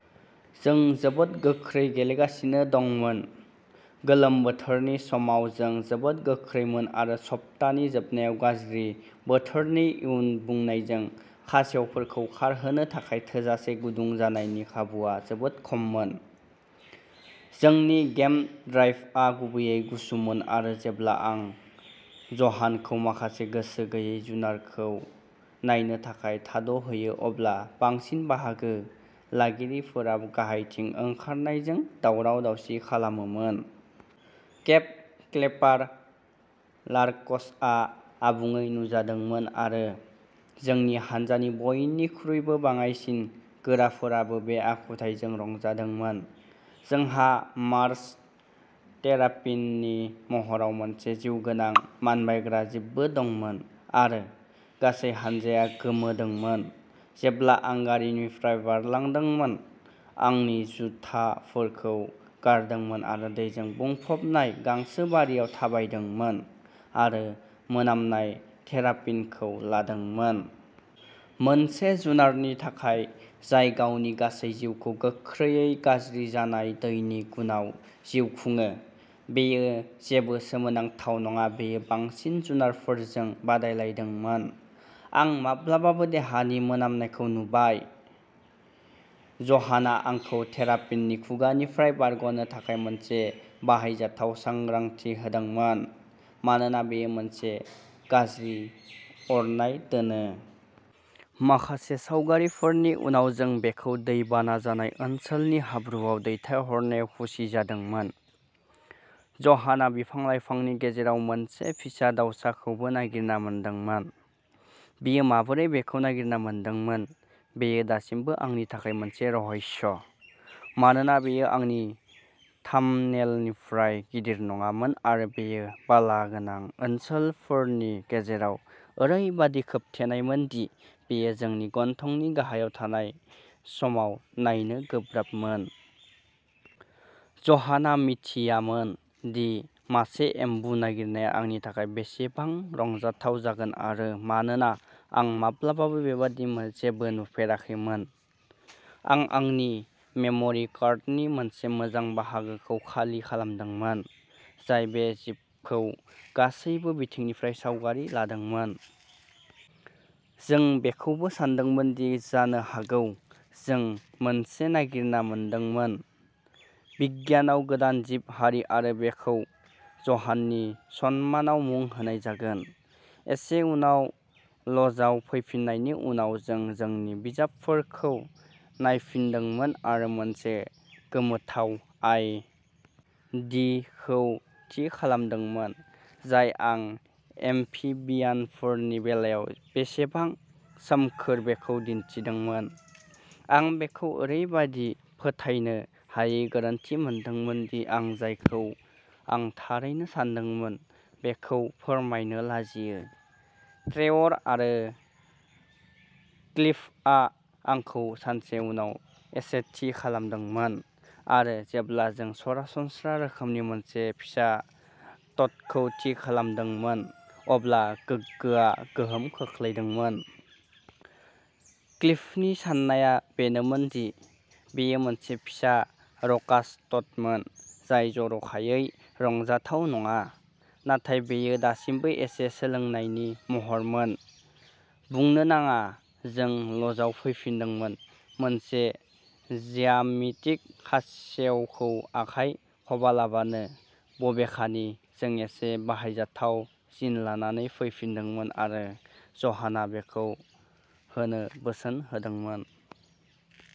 जों जोबोद गोख्रै गेलेगासिनो दंमोन। गोलोम बोथोरनि समाव जों जोबोद गोख्रैमोन आरो सप्तानि जोबनायाव गाज्रि बोथोरनि इयुन बुंनायजों खासेवफोरखौ खारहोनो थाखाय थोजासे गुदुं जानायनि खाबुआ जोबोद खममोन। जोंनि गेम ड्राइभआ गुबैयै गुसुमोन आरो जेब्ला आं ज'हानखौ माखासे गोसो गैयै जुनारखौ नायनो थाखाय थाद'होयो अब्ला बांसिन बाहागो लागिरिफोरा गाहायथिं ओंखारनायजों दावराव-दावसि खालामोमोन। केप क्लेपार लार्क्सआ आबुङै नुजादोंमोन आरो जोंनि हान्जानि बयनिख्रुइबो बाङाइसिन गोराफोराबो बे आखुथाइजों रंजादोंमोन। जोंहा मार्श टेरापिननि महराव मोनसे जिउगोनां मानबायग्रा जिबबो दंमोन आरो गासै हानजाया गोमोदोंमोन जेब्ला आं गारिनिफ्राय बारलांदोंमोन, आंनि जुथाफोरखौ गारदोंमोन आरो दैजों बुंफबनाय गांसोबारियाव थाबायदोंमोन आरो मोनामनाय टेरापिनखौ लादोंमोन। मोनसे जुनारनि थाखाय जाय गावनि गासै जिउखौ गोख्रैयै गाज्रि जानाय दैनि गुनआव जिउ खुङो, बेयो जेबो सोमोनांथाव नङा बेयो बांसिन जुनारफोरजों बादायलायदोंमोन। आं माब्लाबाबो देहानि मोनामनायखौ नुबाय। ज'हानआ आंखौ टेरापिननि खुगानिफ्राय बारग'नो थाखाय मोनसे बाहायजाथाव साग्रांथि होदोंमोन, मानोना बेयो मोनसे गाज्रि अरनाय दोनो। माखासे सावगारिफोरनि उनाव जों बेखौ दै बाना जानाय ओनसोलनि हाब्रुआव दैथायहरनायाव खुसि जादोंमोन। ज'हानआ बिफां-लाइफांनि गेजेराव मोनसे फिसा दाउसाखौबो नागिरना मोनदोंमोन। बियो माबोरै बेखौ नागिरना मोनदोंमोन, बेयो दासिमबो आंनि थाखाय मोनसे रहस्य, मानोना बेयो आंनि थाम्बनेइलनिफ्राय गिदिर नङामोन आरो बेयो बालागोनां ओनसोलफोरनि गेजेराव ओरैबादि खोबथेनायमोन दि बेयो जोंनि गन्थंनि गाहायाव थानाय समाव नायनो गोब्राबमोन। ज'हानआ मिथियामोन दि मासे एम्बु नागिरनाया आंनि थाखाय बेसेबां रंजाथाव जागोन आरो मानोना आं माब्लाबाबो बेबादि जेबो नुफेराखैमोन, आं आंनि मेम'रि कार्डनि मोनसे मोजां बाहागोखौ खालि खालामदोंमोन, जाय बे जिबखौ गासैबो बिथिंनिफ्राय सावगारि लादोंमोन। जों बेखौबो सानदोंमोन दि जानो हागौ जों मोनसे नागिरना मोनदोंमोन। बिगियानाव गोदान जिब-हारि आरो बेखौ ज'हाननि सन्मानाव मुं होनाय जागोन! एसे उनाव ल'जआव फैफिननायनि उनाव जों जोंनि बिजाबफोरखौ नायफिनदोंमोन आरो मोनसे गोमोथाव आइ. डि. खौ थि खालामदोंमोन, जाय आं एम्फिबियानफोरनि बेलायाव बेसेबां "सोमखोर" बेखौ दिन्थिदोंमोन। आं बेखौ ओरैबायदि फोथायनो हायै गोरोन्थि मोनदोंमोन दि आं जायखौ आं थारैनो सानदोंमोन बेखौ फोरमायनो लाजियो। ट्रेवर आरो क्लिफआ आंखौ सानसे उनाव एसे थि खालामदोंमोन आरो जेब्ला जों सरासनस्रा रोखोमनि मोनसे फिसा ट'डखौ थि खालामदोंमोन, अब्ला गोगोआ गोहोम खोख्लैदोंमोन। क्लिफनि साननाया बेनोमोन दि बेयो मोनसे फिसा र'कास ट'डमोन, जाय जर'खायै रंजाथाव नङा, नाथाय बेयो दासिमबो एसे सोलोंनायनि महरमोन। बुंनो नाङा जों ल'जआव फैफिन्दोंमोन मोनसे ज्यामितिक खासेवखौ आखाइ खबालाबानो। बबेखानि, जों एसे बाहायजाथाव जिन लानानै फैफिन्दोंमोन आरो ज'हाना बेखौ होनो बोसोन होदोंमोन।